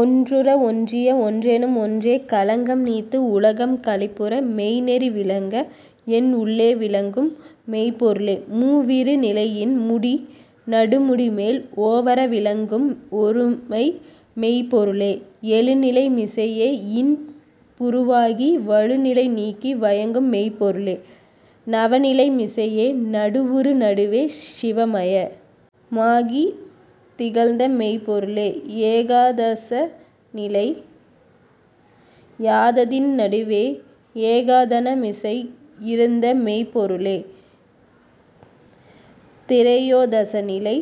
ஒன்றுற வொன்றிய வொன்றெனு மொன்றே களங்கநீத் துலகங் களிப்புற மெய்நெறி விளங்கவென் னுள்ளே விளங்குமெய்ப் பொருளே மூவிரு நிலையின் முடிநடு முடிமேல் ஓவற விளங்கு மொருமைமெய்ப் பொருளே எழுநிலை மிசையே யின்புரு வாகி வழுநிலை நீக்கி வயங்குமெய்ப் பொருளே நவநிலை மிசையே நடுவுறு நடுவே சிவமய மாகித் திகழ்ந்தமெய்ப் பொருளே ஏகா தசநிலை யாததி னடுவே ஏகா தனமிசை யிருந்தமெய்ப் பொருளே திரையோ தசநிலை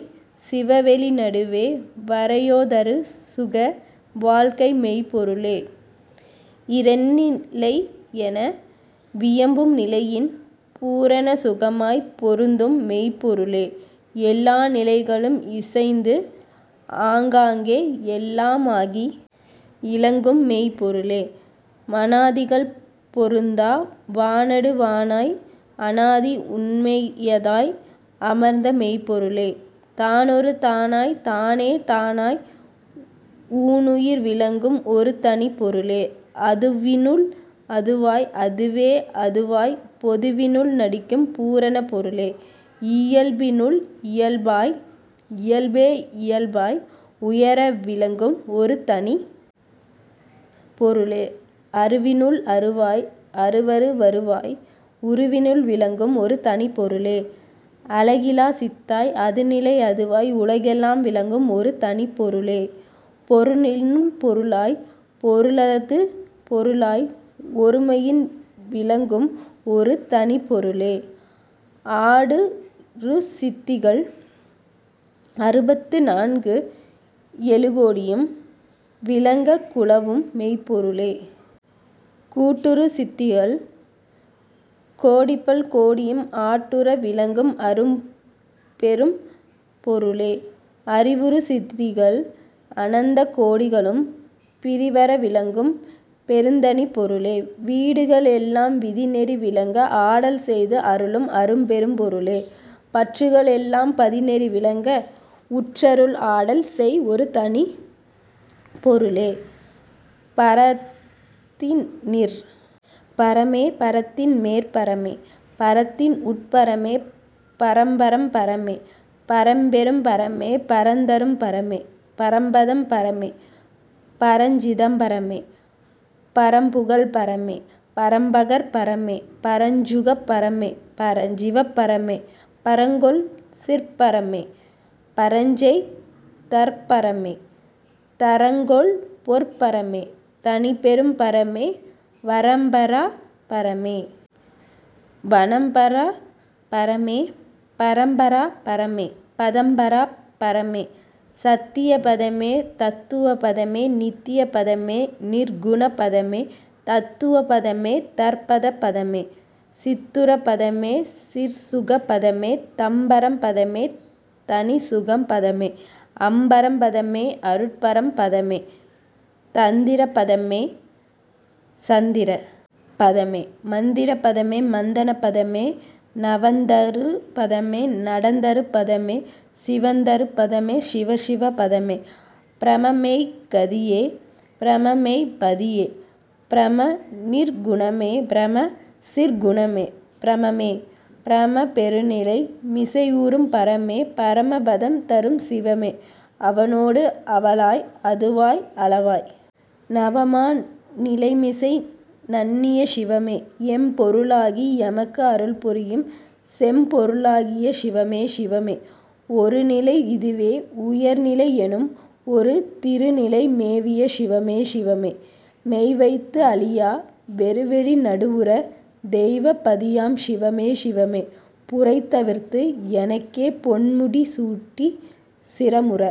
சிவவெளி நடுவே வரையோ தருசுக வாழ்க்கைமெய்ப் பொருளே இரெண் ணிலையென வியம்புமே னிலையிற் பூரண சுகமாய்ப் பொருந்துமெய்ப் பொருளே எல்லா நிலைகளு மிசைந்தாங் காங்கே எல்லா மாகி யிலங்குமெய்ப் பொருளே மனாதிகள் பொருந்தா வானடு வானாய் அனாதியுண் மையதா யமர்ந்தமெய்ப் பொருளே தானொரு தானாய்த் தானே தானாய் ஊனுயிர் விளக்கு மொருதனிப் பொருளே அதுவினு ளதுவா யதுவே யதுவாய்ப் பொதுவினுள் நடிக்கும் பூரணப் பொருளே இயல்பினு ளியல்பா யியல்பே யியல்பா உயாற விளங்கு மொருதனிப் பொருளே அருவினு ளருவா யருவரு வருவாய் உருவினுள் விள்ங்கு மொருதனிப் பொருளே அலகிலாச் சித்தா யதுநிலை யதுவாய் உலகெலாம் விளங்கு மொருதனிப் பொருளே பொருளினுட் பொருளாய்ப் பொருளது பொருளா யொருமையின் விளங்கு மொருதனிப் பொருளே ஆடுறு சித்திக ளறுபத் துநான்கெழு கோடியும் விளங்கக் குலவுமெய்ப் பொருளே கூட்டுறு சித்திகள் கோடிபல் கோடியும் ஆட்டுற விளங்கு மரும்பெரும் பொருளே அறிவுறு சித்திக ளனந்தகோ டிகளும் பிறிவற விளக்கும் பெருந்தனிப் பொருளே வீடுக ளெல்லாம் விதிநெறி விளங்க ஆடல்செய் தருளு மரும்பெரும் பொருளே பற்றுக ளெல்லாம் பதிநெறி விளங்க உற்றரு ளாடல்செய் யொருதனிப் பொருளே பரத்தினிற் பரமே பரத்தின்மேற் பரமே பரத்தினுட் பரமே பரம்பரம் பரமே பரம்பெறும் பரமே பரந்தரும் பரமே பரம்பதம் பரமே பரஞ் சிதம்பரமே பரம்புகழ் பரமே பரம்பகர் பரமே பரஞ்சுக பரமே பரஞ்சிவ பரமே பரங்கொள் சிற்பரமே பரஞ்செய் தற்பரமே தரங்கொள் பொற்பரமே தனிப்பெரும் பரமே வரம்பரா பரமே வணம்பரா பரமே பரம்பரா பரமே பதம்பரா பரமே சத்திய பதமே சத்துவ பதமே நித்திய பதமே நிற்குண பதமே தத்துவ பதமே தற்பத பதமே சித்துறு பதமே சிற்சுக பதமே தம்பரம் பதமே தனிச்சுகம் பதமே அம்பரம் பதமே யருட்பரம் பதமே தந்திர பதமே சந்திர பதமே மந்திர பதமே மந்தண பதமே நவந்தரு பதமே நடந்தரு பதமே சிவந்தரு பதமே சிவசிவ பதமே பிரமமெய்க் கதியே பிரமமெய்ப் பதியே பிரமநிற் குணமே பிரமசிற் குணமே பிரமமே பிரமப் பெருநிலை மிசையுறும் பரமமே பரம பதந்தருஞ் சிவமே அவனோ டவளா யதுவா யலவாய் நவமா நிலைமிசை நண்ணிய சிவமே எம்பொரு ளாகி யெமக்கருள் புரியுஞ் செம்பொரு ளாகிய சிவமே சிவமே ஒருநிலை யிதுவே வுயர்நிலை யெனுமொரு திருநிலை மேவிய சிவமே சிவமே மெய்வைத் தழியா வெறுவெளி நடுவுற தெய்வப் பதியாஞ் சிவமே சிவமே புரைதவிர்த் தெனக்கே பொன்முடி சூட்டிச் சிரமுற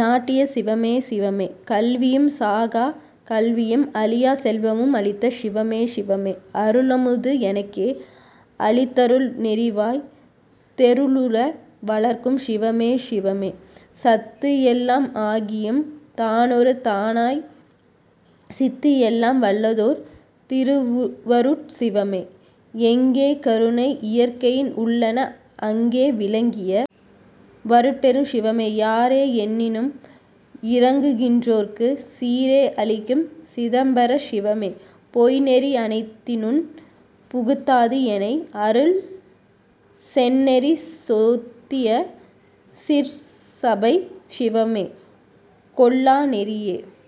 நாட்டிய சிவமே சிவமே கல்வியுஞ் சாகாக் கல்வியு மழியாச் செல்வமு மளித்த சிவமே சிவமே அருளமு தெனக்கே யளித்தரு ணெறிவாய்த் தெருளுற வளர்க்குஞ் சிவமே சிவமே சத்தெலா மாகியுந் தானொரு தானாஞ் சித்தெலாம் வல்லதோர் திருவருட் சிவமே எங்கே கருணை யியற்கையி னுள்ளன அங்கே விளங்கிய வருட்பெருஞ் சிவமே யாரே யென்னினு மிரங்குகின் றார்க்குச் சீரே யளிக்கிஞ் சிதம்பர சிவமே பொய்ந்நெறி யனைத்தினும் புகுத்தா தெனையருட் செந்நெறி சொத்திய சிற்சபைச் சிவமே கொல்ல நெறியே